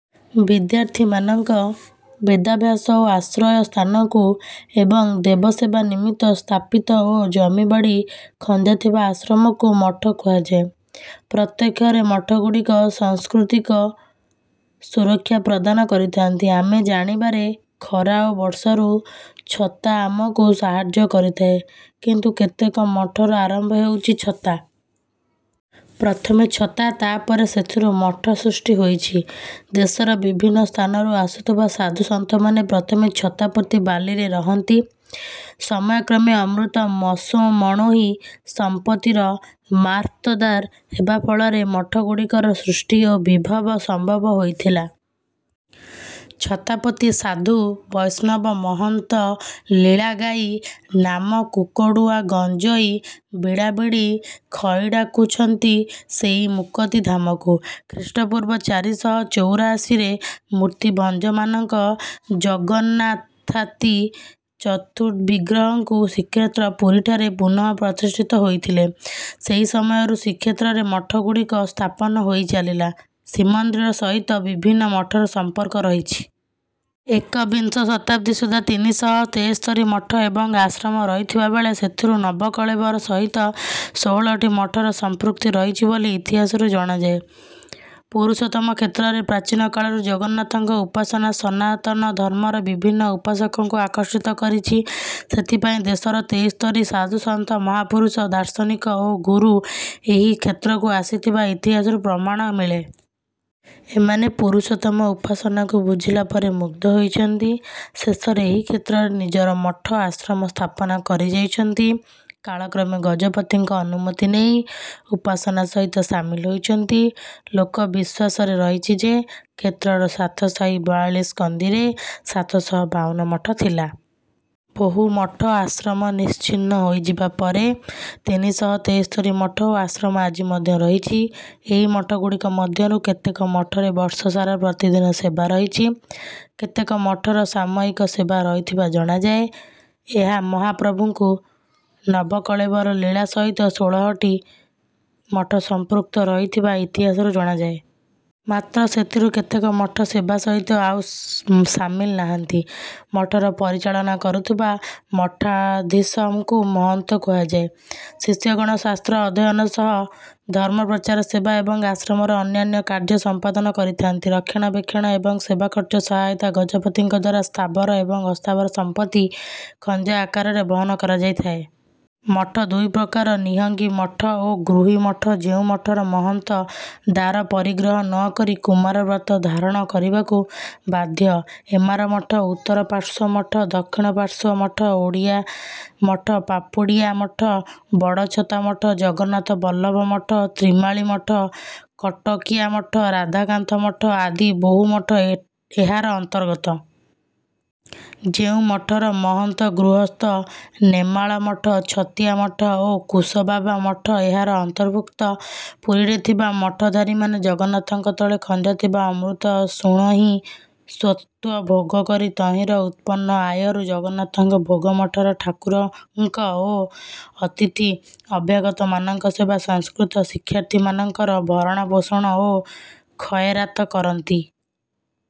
ବିଦ୍ୟାର୍ଥୀମାନଙ୍କ ବେଦାଭ୍ୟାସ ଓ ଆଶ୍ରୟ ସ୍ଥାନକୁ ଏବଂ ଦେବସେବା ନିମିତ୍ତ ସ୍ଥାପିତ ଓ ଜମି ବାଡ଼ି ଖନ୍ଦାଥିବା ଆଶ୍ରମକୁ ମଠ କୁହାଯାଏ। ପ୍ରତ୍ୟକ୍ଷରେ ମଠଗୁଡ଼ିକ ସାଂସ୍କୃତିକ ସୁରକ୍ଷା ପ୍ରଦାନ କରିଥାନ୍ତି। ଆମେ ଜାଣିବାରେ ଖରା ଓ ବର୍ଷାରୁ ଛତା ଆମକୁ ସାହାର୍ଯ୍ୟ କରିଥାଏ। କିନ୍ତୁ କେତେକ ମଠର ଆରମ୍ଭ ହେଉଛି ଛତା। ପ୍ରଥମେ ଛତା ତାପରେ ସେଥିରୁ ମଠ ସୃଷ୍ଟି ହୋଇଛି। ଦେଶର ବିଭିନ୍ନ ସ୍ଥାନରୁ ଆସୁଥିବା ସାଧୁ ସନ୍ଥମାନେ ପ୍ରଥମେ ଛତା ପୋତି ବାଲିରେ ରହନ୍ତି। ସମୟ କ୍ରମେ ଅମୃତ ମଶୋ ମଣୋହି ସମ୍ପତ୍ତିର ମାର୍ଫତଦାର ହେବା ଫଳରେ ମଠ ଗୁଡିକର ସୃଷ୍ଟି ଓ ବିଭବ ସମ୍ଭବ ହୋଇଥିଲା। ଛତାପୋତି ସାଧୁ ବୈଷ୍ଣବ ମହନ୍ତ ଲୀଳା ଗାଇ ନାମକୁକଡୁଆ ଗଞ୍ଜଇ ବିଡାବିଡି ଖାଇଡାକୁଛନ୍ତି ସେଇ ମୁକତି ଧାମକୁ। ଖ୍ରୀଷ୍ଟପୂର୍ବ ଚାରି ଶହ ଚଉରାଅଶୀରେ ମୂର୍ତ୍ତିଭଞ୍ଜମାନଙ୍କ ଜଗନ୍ନାଥାତି ଚତୁଃବିଗ୍ରହଙ୍କୁ ଶ୍ରୀକ୍ଷେତ୍ର ପୁରୀଠାରେ ପୁନଃ ପ୍ରତିଷ୍ଠିତ ହୋଇଥିଲେ। ସେହି ସମୟରୁ ଶ୍ରୀକ୍ଷେତ୍ରରେ ମଠଗୁଡ଼ିକ ସ୍ଥାପନ ହୋଇଚାଲିଲା। ଶ୍ରୀମନ୍ଦିର ସହିତ ବିଭିନ୍ନ ମଠର ସମ୍ପର୍କ ରହିଛି। ଏକବିଂଶ ଶତାବ୍ଦୀ ସୁଦ୍ଧା ତିନି ଶହ ତେସ୍ତରୀ ମଠ ଏବଂ ଆଶ୍ରମ ରହିଥିବା ବେଳେ ସେଥିରୁ ନବକଳେବର ସହିତ ଷୋହଳଟି ମଠର ସମ୍ପୃକ୍ତି ରହିଛି ବୋଲି ଇତିହାସରୁ ଜଣାଯାଏ। ପୁରୁଷୋତ୍ତମ କ୍ଷେତ୍ରରେ ପ୍ରାଚୀନକାଳରୁ ଜଗନ୍ନାଥଙ୍କ ଉପାସନା ସନାତନ ଧର୍ମର ବିଭିନ୍ନ ଉପାସକଙ୍କୁ ଆକର୍ଷିତ କରିଛି। ସେଥିପାଇଁ ଦେଶର ତେସ୍ତରୀ ସାଧୁସନ୍ଥ ମହାପୁରୁଷ ଦାର୍ଶନିକ ଓ ଗୁରୁ ଏହି କ୍ଷେତ୍ରକୁ ଆସିଥିବା ଇତିହାସରୁ ପ୍ରମାଣ ମିଳେ। ଏମାନେ ପୁରୁଷୋତ୍ତମ ଉପାସନାକୁ ବୁଝିଲା ପରେ ମୁଗ୍ଧ ହୋଇଛନ୍ତି। ଶେଷରେ ଏହି କ୍ଷେତ୍ରରେ ନିଜର ମଠ ଆଶ୍ରମ ସ୍ଥାପନା କରିଯାଇଛନ୍ତି। କାଳକ୍ରମେ ଗଜପତିଙ୍କ ଅନୁମତି ନେଇ ଉପାସନା ସହିତ ସାମିଲ ହୋଇଛନ୍ତି। ଲୋକ ବିଶ୍ୱାସରେ ରହିଛି ଯେ କ୍ଷେତ୍ରର ସାତ ସାହି ବୟାଳିଶ କନ୍ଦିରେ ସାତ ଶହ ବାଉନ ମଠ ଥିଲା। ବହୁ ମଠ ଆଶ୍ରମ ନିଶ୍ଚିହ୍ନ ହୋଇଯିବା ପରେ ତିନି ଶହ ତେସ୍ତରୀ ମଠ ଓ ଆଶ୍ରମ ଆଜି ମଧ୍ୟ ରହିଛି। ଏହି ମଠଗୁଡ଼ିକ ମଧ୍ୟରୁ କେତେକ ମଠରେ ବର୍ଷସାରା ପ୍ରତିଦିନ ସେବା ରହିଛି। କେତେକ ମଠର ସାମୟିକ ସେବା ରହିଥିବା ଜଣାଯାଏ। ଏହା ମହାପ୍ରଭୁଙ୍କୁ ନବକଳେବର ଲୀଳା ସହିତ ଷୋଳହଟି ମଠ ସମ୍ପୃକ୍ତ ରହିଥିବା ଇତିହାସରୁ ଜଣାଯାଏ। ମାତ୍ର ସେଥିରୁ କେତେକ ମଠ ସେବା ସହିତ ଆଉ ସ ସାମିଲ ନାହାନ୍ତି। ମଠର ପରିଚାଳନା କରୁଥିବା ମଠାଧୀଶ ଙ୍କୁ ମହନ୍ତ କୁହାଯାଏ। ଶିଷ୍ୟଗଣ ଶାସ୍ତ୍ର ଅଧ୍ୟୟନ ସହ ଧର୍ମ ପ୍ରଚାର ସେବା ଏବଂ ଆଶ୍ରମର ଅନ୍ୟାନ୍ୟ କାର୍ଯ୍ୟ ସମ୍ପାଦନ କରିଥାନ୍ତି। ରକ୍ଷଣାବେକ୍ଷଣ ଏବଂ ସେବା ଖର୍ଚ୍ଚ ସହାୟତା ଗଜପତିଙ୍କଦ୍ୱାରା ସ୍ଥାବର ଏବଂ ଅସ୍ଥାବର ସମ୍ପତି ଖଞ୍ଜା ଆକାରରେ ବହନ କରାଯାଇଥାଏ। ମଠ ଦୁଇ ପ୍ରକାର ନିହଙ୍ଗି ମଠ ଓ ଗୃହୀ ମଠ ଯେଉଁ ମଠର ମହନ୍ତ ଦାରପରିଗ୍ରହ ନ କରି କୁମାର ବ୍ରତ ଧାରଣ କରିବାକୁ ବାଧ୍ୟ। ଏମାର ମଠ ଉତ୍ତରପାର୍ଶ୍ୱ ମଠ ଦକ୍ଷିଣପାର୍ଶ୍ୱ ମଠ ଓଡ଼ିଆ ମଠ ପାପୁଡ଼ିଆ ମଠ ବଡ଼ଛତା ମଠ ଜଗନ୍ନାଥ ବଲ୍ଲଭ ମଠ ତ୍ରିମାଳି ମଠ କଟକିଆ ମଠ ରାଧାକାନ୍ତ ମଠ ଆଦି ବହୁ ମଠ ଏଠ ଏହାର ଅନ୍ତର୍ଗତ। ଯେଉଁ ମଠର ମହନ୍ତ ଗୃହସ୍ଥ। ନେମାଳ ମଠ ଛତିଆ ମଠ ଓ କୁଶବାବା ମଠ ଏହାର ଅନ୍ତଭୁକ୍ତ। ପୁରୀରେ ଥିବା ମଠଧାରୀମାନେ ଜଗନ୍ନାଥଙ୍କ ତଳେ ଖଞ୍ଜାଥିବା ଅମୃତସୁଣୋହିଁ ସ୍ୱତ୍ୱ ଭୋଗ କରି ତହିଁର ଉତ୍ପନ୍ନ ଆୟରୁ ଜଗନ୍ନାଥଙ୍କ ଭୋଗ ମଠର ଠାକୁରଙ୍କ ଓ ଅତିଥି ଅଭ୍ୟାଗତମାନଙ୍କ ସେବା ସଂସ୍କୃତ ଶିକ୍ଷାର୍ଥୀମାନଙ୍କର ଭରଣପୋଷଣ ଓ ଖଏରାତ କରନ୍ତି।